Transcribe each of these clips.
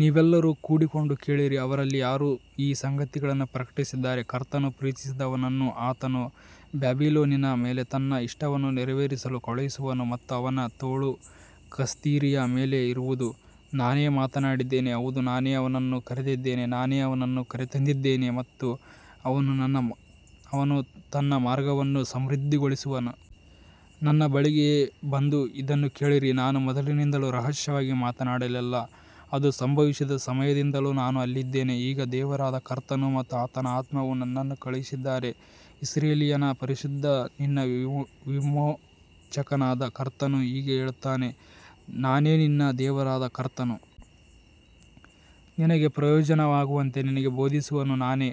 ನೀವೆಲ್ಲರೂ ಕೂಡಿಕೊಂಡು ಕೇಳಿರಿ. ಅವರಲ್ಲಿ ಯಾರು ಈ ಸಂಗತಿಗಳನ್ನು ಪ್ರಕಟಿಸಿದ್ದಾರೆ? ಕರ್ತನು ಪ್ರೀತಿಸಿದವನನ್ನು ಆತನು ಬಾಬಿಲೋನಿನ ಮೇಲೆ ತನ್ನ ಇಷ್ಟವನ್ನು ನೆರವೇರಿಸಲು ಕಳುಹಿಸುವನು ಮತ್ತು ಅವನ ತೋಳು ಕಸ್ದೀಯರ ಮೇಲೆ ಇರುವದು. ನಾನೇ ಮಾತನಾಡಿದ್ದೇನೆ. ಹೌದು, ನಾನೇ ಅವನನ್ನು ಕರೆದಿದ್ದೇನೆ. ನಾನೇ ಅವನನ್ನು ಕರೆತಂದಿದ್ದೇನೆ ಮತ್ತು ಅವನು ತನ್ನ ಮಾರ್ಗವನ್ನು ಸಮೃದ್ಧಿಗೊಳಿಸುವನು. ನನ್ನ ಬಳಿಗೆ ಬಂದು ಇದನ್ನು ಕೇಳಿರಿ. ನಾನು ಮೊದಲಿನಿಂದಲೂ ರಹಸ್ಯವಾಗಿ ಮಾತನಾಡಲಿಲ್ಲ. ಅದು ಸಂಭವಿಸಿದ ಸಮಯದಿಂದಲೂ ನಾನು ಅಲ್ಲಿದ್ದೇನೆ. ಈಗ ದೇವರಾದ ಕರ್ತನು ಮತ್ತು ಆತನ ಆತ್ಮವು ನನ್ನನ್ನು ಕಳುಹಿಸಿದ್ದಾರೆ. ಇಸ್ರಾಯೇಲಿನ ಪರಿಶುದ್ಧನಾದ ನಿನ್ನ ವಿಮೋಚಕನಾದ ಕರ್ತನು ಹೀಗೆ ಹೇಳುತ್ತಾನೆ. ನಾನೇ ನಿನ್ನ ದೇವರಾದ ಕರ್ತನು. ನಿನಗೆ ಪ್ರಯೋಜನವಾಗುವಂತೆ ನಿನಗೆ ಬೋಧಿಸುವವನು ನಾನೇ.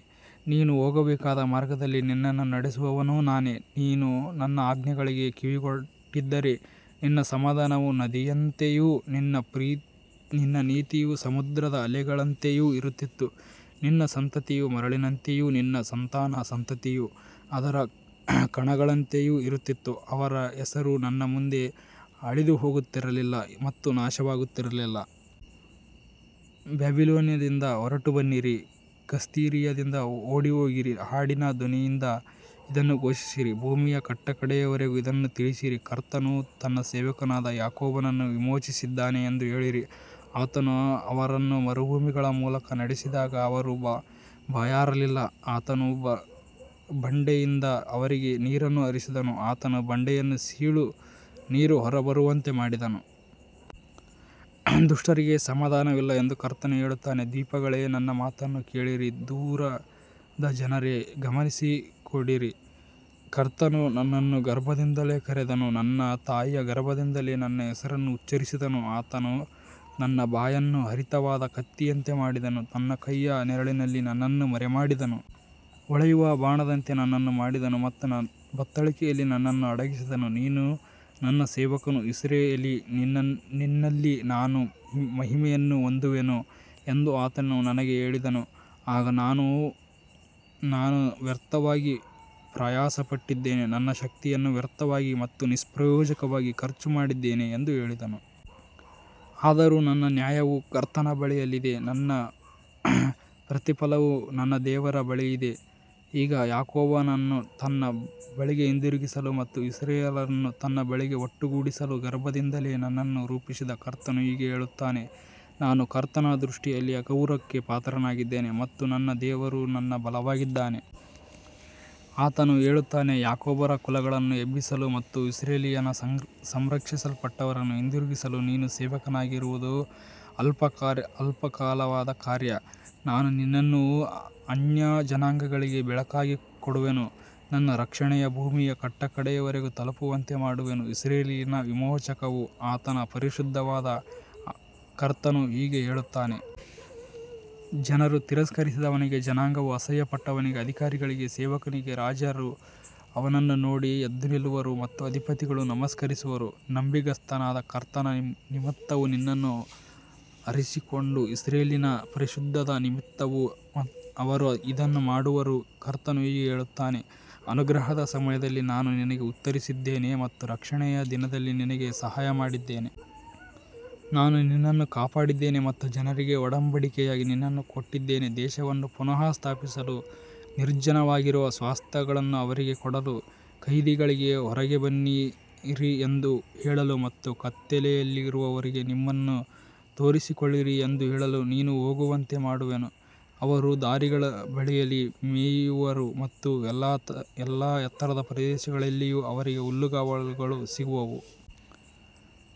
ನೀನು ಹೋಗಬೇಕಾದ ಮಾರ್ಗದಲ್ಲಿ ನಿನ್ನನ್ನು ನಡೆಸುವವನು ನಾನೇ. ನೀನು ನನ್ನ ಆಜ್ಞೆಗಳಿಗೆ ಕಿವಿಗೊಟ್ಟಿದ್ದರೆ ನಿನ್ನ ಸಮಾಧಾನವು ನದಿಯಂತೆಯೂ ನಿನ್ನ ನೀತಿಯು ಸಮುದ್ರದ ಅಲೆಗಳಂತೆಯೂ ಇರುತ್ತಿತ್ತು. ನಿನ್ನ ಸಂತತಿಯು ಮರಳಿನಂತೆಯೂ ನಿನ್ನ ಸಂತಾನದ ಸಂತತಿಯು ಅದರ ಕಣಗಳಂತೆಯೂ ಇರುತ್ತಿತ್ತು. ಅವರ ಹೆಸರು ನನ್ನ ಮುಂದೆ ಅಳಿದುಹೋಗುತ್ತಿರಲಿಲ್ಲ ಮತ್ತು ನಾಶವಾಗುತ್ತಿರಲಿಲ್ಲ. ಬಾಬಿಲೋನಿನಿಂದ ಹೊರಟುಬನ್ನಿರಿ. ಕಸ್ದೀಯರಿಂದ ಓಡಿಹೋಗಿರಿ. ಹಾಡಿನ ಧ್ವನಿಯಿಂದ ಇದನ್ನು ಘೋಷಿಸಿರಿ. ಭೂಮಿಯ ಕಟ್ಟಕಡೆಯವರೆಗೂ ಇದನ್ನು ತಿಳಿಸಿರಿ. ಕರ್ತನು ತನ್ನ ಸೇವಕನಾದ ಯಾಕೋಬನನ್ನು ವಿಮೋಚಿಸಿದ್ದಾನೆ ಎಂದು ಹೇಳಿರಿ. ಆತನು ಅವರನ್ನು ಮರುಭೂಮಿಗಳ ಮೂಲಕ ನಡೆಸಿದಾಗ ಅವರು ಬಾಯಾರಲಿಲ್ಲ. ಆತನು ಬಂಡೆಯಿಂದ ಅವರಿಗೆ ನೀರನ್ನು ಹರಿಸಿದನು. ಆತನು ಬಂಡೆಯನ್ನು ಸೀಳಿ ನೀರು ಹೊರಬರುವಂತೆ ಮಾಡಿದನು. ದುಷ್ಟರಿಗೆ ಸಮಾಧಾನವಿಲ್ಲ ಎಂದು ಕರ್ತನು ಹೇಳುತ್ತಾನೆ. ದ್ವೀಪಗಳೇ, ನನ್ನ ಮಾತನ್ನು ಕೇಳಿರಿ. ದೂರದ ಜನರೇ, ಗಮನಕೊಡಿರಿ. ಕರ್ತನು ನನ್ನನ್ನು ಗರ್ಭದಿಂದಲೇ ಕರೆದನು. ನನ್ನ ತಾಯಿಯ ಗರ್ಭದಿಂದಲೇ ನನ್ನ ಹೆಸರನ್ನು ಉಚ್ಚರಿಸಿದನು. ಆತನು ನನ್ನ ಬಾಯನ್ನು ಹರಿತವಾದ ಕತ್ತಿಯಂತೆ ಮಾಡಿದನು. ತನ್ನ ಕೈಯ ನೆರಳಿನಲ್ಲಿ ನನ್ನನ್ನು ಮರೆಮಾಡಿದನು. ಹೊಳೆಯುವ ಬಾಣದಂತೆ ನನ್ನನ್ನು ಮಾಡಿದನು ಮತ್ತು ತನ್ನ ಬತ್ತಳಿಕೆಯಲ್ಲಿ ನನ್ನನ್ನು ಅಡಗಿಸಿದನು. ನೀನು ನನ್ನ ಸೇವಕನು, ಇಸ್ರಾಯೇಲೇ, ನಿನ್ನಲ್ಲಿ ನಾನು ಮಹಿಮೆಯನ್ನು ಹೊಂದುವೆನು ಎಂದು ಆತನು ನನಗೆ ಹೇಳಿದನು. ಆಗ ನಾನು, ನಾನು ವ್ಯರ್ಥವಾಗಿ ಪ್ರಯಾಸಪಟ್ಟಿದ್ದೇನೆ, ನನ್ನ ಶಕ್ತಿಯನ್ನು ವ್ಯರ್ಥವಾಗಿ ಮತ್ತು ನಿಷ್ಪ್ರಯೋಜಕವಾಗಿ ಖರ್ಚುಮಾಡಿದ್ದೇನೆ ಎಂದು ಹೇಳಿದೆನು. ಆದರೂ ನನ್ನ ನ್ಯಾಯವು ಕರ್ತನ ಬಳಿಯಲ್ಲಿದೆ ಮತ್ತು ನನ್ನ ಪ್ರತಿಫಲವು ನನ್ನ ದೇವರ ಬಳಿಯಲ್ಲಿದೆ. ಈಗ ಯಾಕೋಬನನ್ನು ತನ್ನ ಬಳಿಗೆ ಹಿಂದಿರುಗಿಸಲು ಮತ್ತು ಇಸ್ರಾಯೇಲನ್ನು ತನ್ನ ಬಳಿಗೆ ಒಟ್ಟುಗೂಡಿಸಲು ಗರ್ಭದಿಂದಲೇ ನನ್ನನ್ನು ರೂಪಿಸಿದ ಕರ್ತನು ಹೀಗೆ ಹೇಳುತ್ತಾನೆ. ನಾನು ಕರ್ತನ ದೃಷ್ಟಿಯಲ್ಲಿ ಗೌರವಕ್ಕೆ ಪಾತ್ರನಾಗಿದ್ದೇನೆ ಮತ್ತು ನನ್ನ ದೇವರು ನನ್ನ ಬಲವಾಗಿದ್ದಾನೆ. ಆತನು ಹೇಳುತ್ತಾನೆ, ಯಾಕೋಬನ ಕುಲಗಳನ್ನು ಎಬ್ಬಿಸಲು ಮತ್ತು ಇಸ್ರಾಯೇಲಿನ ಸಂರಕ್ಷಿಸಲ್ಪಟ್ಟವರನ್ನು ಹಿಂದಿರುಗಿಸಲು ನೀನು ನನ್ನ ಸೇವಕನಾಗಿರುವುದು ಅಲ್ಪವಾದ ಕಾರ್ಯ. ನಾನು ನಿನ್ನನ್ನು ಅನ್ಯಜನಾಂಗಗಳಿಗೆ ಬೆಳಕಾಗಿ ಕೊಡುವೆನು, ನನ್ನ ರಕ್ಷಣೆಯು ಭೂಮಿಯ ಕಟ್ಟಕಡೆಯವರೆಗೂ ತಲುಪುವಂತೆ ಮಾಡುವೆನು. ಇಸ್ರಾಯೇಲಿನ ವಿಮೋಚಕನೂ ಆತನ ಪರಿಶುದ್ಧನೂ ಆದ ಕರ್ತನು ಹೀಗೆ ಹೇಳುತ್ತಾನೆ. ಜನರು ತಿರಸ್ಕರಿಸಿದವನಿಗೆ, ಜನಾಂಗವು ಅಸಹ್ಯಪಟ್ಟವನಿಗೆ, ಅಧಿಕಾರಿಗಳ ಸೇವಕನಿಗೆ, ರಾಜರು ಅವನನ್ನು ನೋಡಿ ಎದ್ದು ನಿಲ್ಲುವರು ಮತ್ತು ಅಧಿಪತಿಗಳು ನಮಸ್ಕರಿಸುವರು. ನಂಬಿಗಸ್ತನಾದ ಕರ್ತನ ನಿಮಿತ್ತವೂ ನಿನ್ನನ್ನು ಆರಿಸಿಕೊಂಡ ಇಸ್ರಾಯೇಲಿನ ಪರಿಶುದ್ಧನ ನಿಮಿತ್ತವೂ ಅವರು ಇದನ್ನು ಮಾಡುವರು. ಕರ್ತನು ಹೀಗೆ ಹೇಳುತ್ತಾನೆ. ಅನುಗ್ರಹದ ಸಮಯದಲ್ಲಿ ನಾನು ನಿನಗೆ ಉತ್ತರಿಸಿದ್ದೇನೆ ಮತ್ತು ರಕ್ಷಣೆಯ ದಿನದಲ್ಲಿ ನಿನಗೆ ಸಹಾಯಮಾಡಿದ್ದೇನೆ. ನಾನು ನಿನ್ನನ್ನು ಕಾಪಾಡಿದ್ದೇನೆ ಮತ್ತು ಜನರಿಗೆ ಒಡಂಬಡಿಕೆಯಾಗಿ ನಿನ್ನನ್ನು ಕೊಟ್ಟಿದ್ದೇನೆ. ದೇಶವನ್ನು ಪುನಃ ಸ್ಥಾಪಿಸಲು ಮತ್ತು ನಿರ್ಜನವಾಗಿರುವ ಸ್ವಾಸ್ತ್ಯಗಳನ್ನು ಅವರಿಗೆ ಕೊಡಲು, ಕೈದಿಗಳಿಗೆ, ಹೊರಗೆ ಬನ್ನಿರಿ ಎಂದು ಹೇಳಲು ಮತ್ತು ಕತ್ತಲೆಯಲ್ಲಿರುವವರಿಗೆ, ನಿಮ್ಮನ್ನು ತೋರಿಸಿಕೊಳ್ಳಿರಿ ಎಂದು ಹೇಳಲು ನೀನು ಹೋಗುವಂತೆ ಮಾಡುವೆನು. ಅವರು ದಾರಿಗಳ ಬಳಿಯಲ್ಲಿ ಮೇಯುವರು ಮತ್ತು ಎಲ್ಲಾ ಎತ್ತರದ ಪ್ರದೇಶಗಳಲ್ಲಿಯೂ ಅವರಿಗೆ ಹುಲ್ಲುಗಾವಲುಗಳು ಸಿಗುವವು.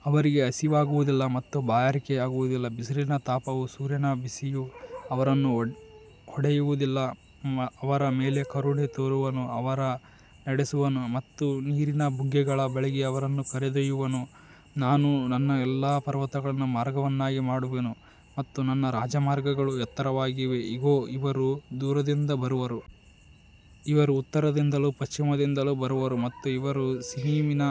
ಅವರಿಗೆ ಹಸಿವಾಗುವುದಿಲ್ಲ ಮತ್ತು ಬಾಯಾರಿಕೆಯಾಗುವುದಿಲ್ಲ. ಬಿಸಿಲಿನ ತಾಪವೂ ಸೂರ್ಯನ ಬಿಸಿಯೂ ಅವರನ್ನು ಹೊಡೆಯುವುದಿಲ್ಲ. ಅವರ ಮೇಲೆ ಕರುಣೆ ತೋರುವವನು ಅವರನ್ನು ನಡೆಸುವನು ಮತ್ತು ನೀರಿನ ಬುಗ್ಗೆಗಳ ಬಳಿಗೆ ಅವರನ್ನು ಕರೆದೊಯ್ಯುವನು. ನಾನು ನನ್ನ ಎಲ್ಲಾ ಪರ್ವತಗಳನ್ನು ಮಾರ್ಗವನ್ನಾಗಿ ಮಾಡುವೆನು ಮತ್ತು ನನ್ನ ರಾಜಮಾರ್ಗಗಳು ಎತ್ತರವಾಗಿರುವವು. ಇಗೋ, ಇವರು ದೂರದಿಂದ ಬರುವರು. ಇವರು ಉತ್ತರದಿಂದಲೂ ಪಶ್ಚಿಮದಿಂದಲೂ ಬರುವರು ಮತ್ತು ಇವರು ಸಿನೀಮಿನ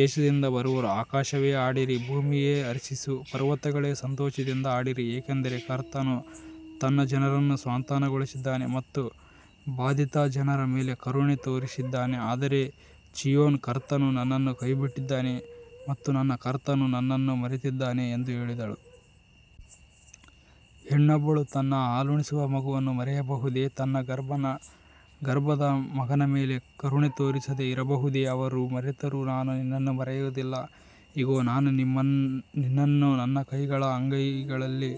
ದೇಶದಿಂದ ಬರುವರು. ಆಕಾಶವೇ, ಹಾಡಿರಿ. ಭೂಮಿಯೇ, ಹರ್ಷಿಸು. ಪರ್ವತಗಳೇ, ಸಂತೋಷದಿಂದ ಹಾಡಿರಿ. ಏಕೆಂದರೆ ಕರ್ತನು ತನ್ನ ಜನರನ್ನು ಸಾಂತ್ವನಗೊಳಿಸಿದ್ದಾನೆ ಮತ್ತು ತನ್ನ ಬಾಧಿತ ಜನರ ಮೇಲೆ ಕರುಣೆ ತೋರಿಸಿದ್ದಾನೆ. ಆದರೆ ಚೀಯೋನ್, ಕರ್ತನು ನನ್ನನ್ನು ಕೈಬಿಟ್ಟಿದ್ದಾನೆ ಮತ್ತು ನನ್ನ ಕರ್ತನು ನನ್ನನ್ನು ಮರೆತಿದ್ದಾನೆ ಎಂದು ಹೇಳಿದಳು. ಹೆಣ್ಣೊಬ್ಬಳು ತನ್ನ ಹಾಲುಣಿಸುವ ಮಗುವನ್ನು ಮರೆಯಬಹುದೇ? ತನ್ನ ಗರ್ಭದ ಮಗನ ಮೇಲೆ ಕರುಣೆ ತೋರಿಸದೆ ಇರಬಹುದೇ? ಅವರು ಮರೆತರೂ ನಾನು ನಿನ್ನನ್ನು ಮರೆಯುವುದಿಲ್ಲ. ಇಗೋ, ನಾನು ನಿನ್ನನ್ನು ನನ್ನ ಕೈಗಳ ಅಂಗೈಗಳಲ್ಲಿ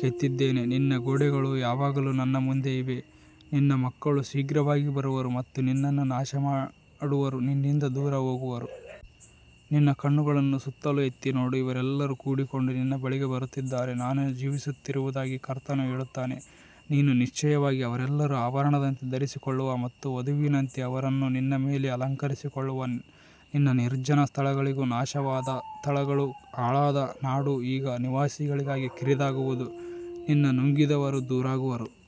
ಕೆತ್ತಿದ್ದೇನೆ. ನಿನ್ನ ಗೋಡೆಗಳು ಯಾವಾಗಲೂ ನನ್ನ ಮುಂದೆ ಇವೆ. ನಿನ್ನ ಮಕ್ಕಳು ಶೀಘ್ರವಾಗಿ ಬರುವರು ಮತ್ತು ನಿನ್ನನ್ನು ನಾಶಮಾಡಿದವರು ನಿನ್ನಿಂದ ದೂರ ಹೋಗುವರು. ನಿನ್ನ ಕಣ್ಣುಗಳನ್ನು ಸುತ್ತಲೂ ಎತ್ತಿ ನೋಡು. ಇವರೆಲ್ಲರೂ ಕೂಡಿಕೊಂಡು ನಿನ್ನ ಬಳಿಗೆ ಬರುತ್ತಿದ್ದಾರೆ. ನಾನು ಜೀವಿಸುತ್ತಿರುವುದಾಗಿ ಕರ್ತನು ಹೇಳುತ್ತಾನೆ, ನೀನು ನಿಶ್ಚಯವಾಗಿ ಅವರೆಲ್ಲರನ್ನೂ ಆಭರಣದಂತೆ ಧರಿಸಿಕೊಳ್ಳುವೆ ಮತ್ತು ವಧುವಿನಂತೆ ಅವರನ್ನು ನಿನ್ನ ಮೇಲೆ ಅಲಂಕರಿಸಿಕೊಳ್ಳುವೆ. ನಿನ್ನ ನಿರ್ಜನ ಸ್ಥಳಗಳೂ ನಾಶವಾದ ಸ್ಥಳಗಳೂ ಹಾಳಾದ ನಾಡೂ ಈಗ ನಿವಾಸಿಗಳಿಗಾಗಿ ಕಿರಿದಾಗುವವು. ನಿನ್ನನ್ನು ನುಂಗಿದವರು ದೂರವಾಗುವರು.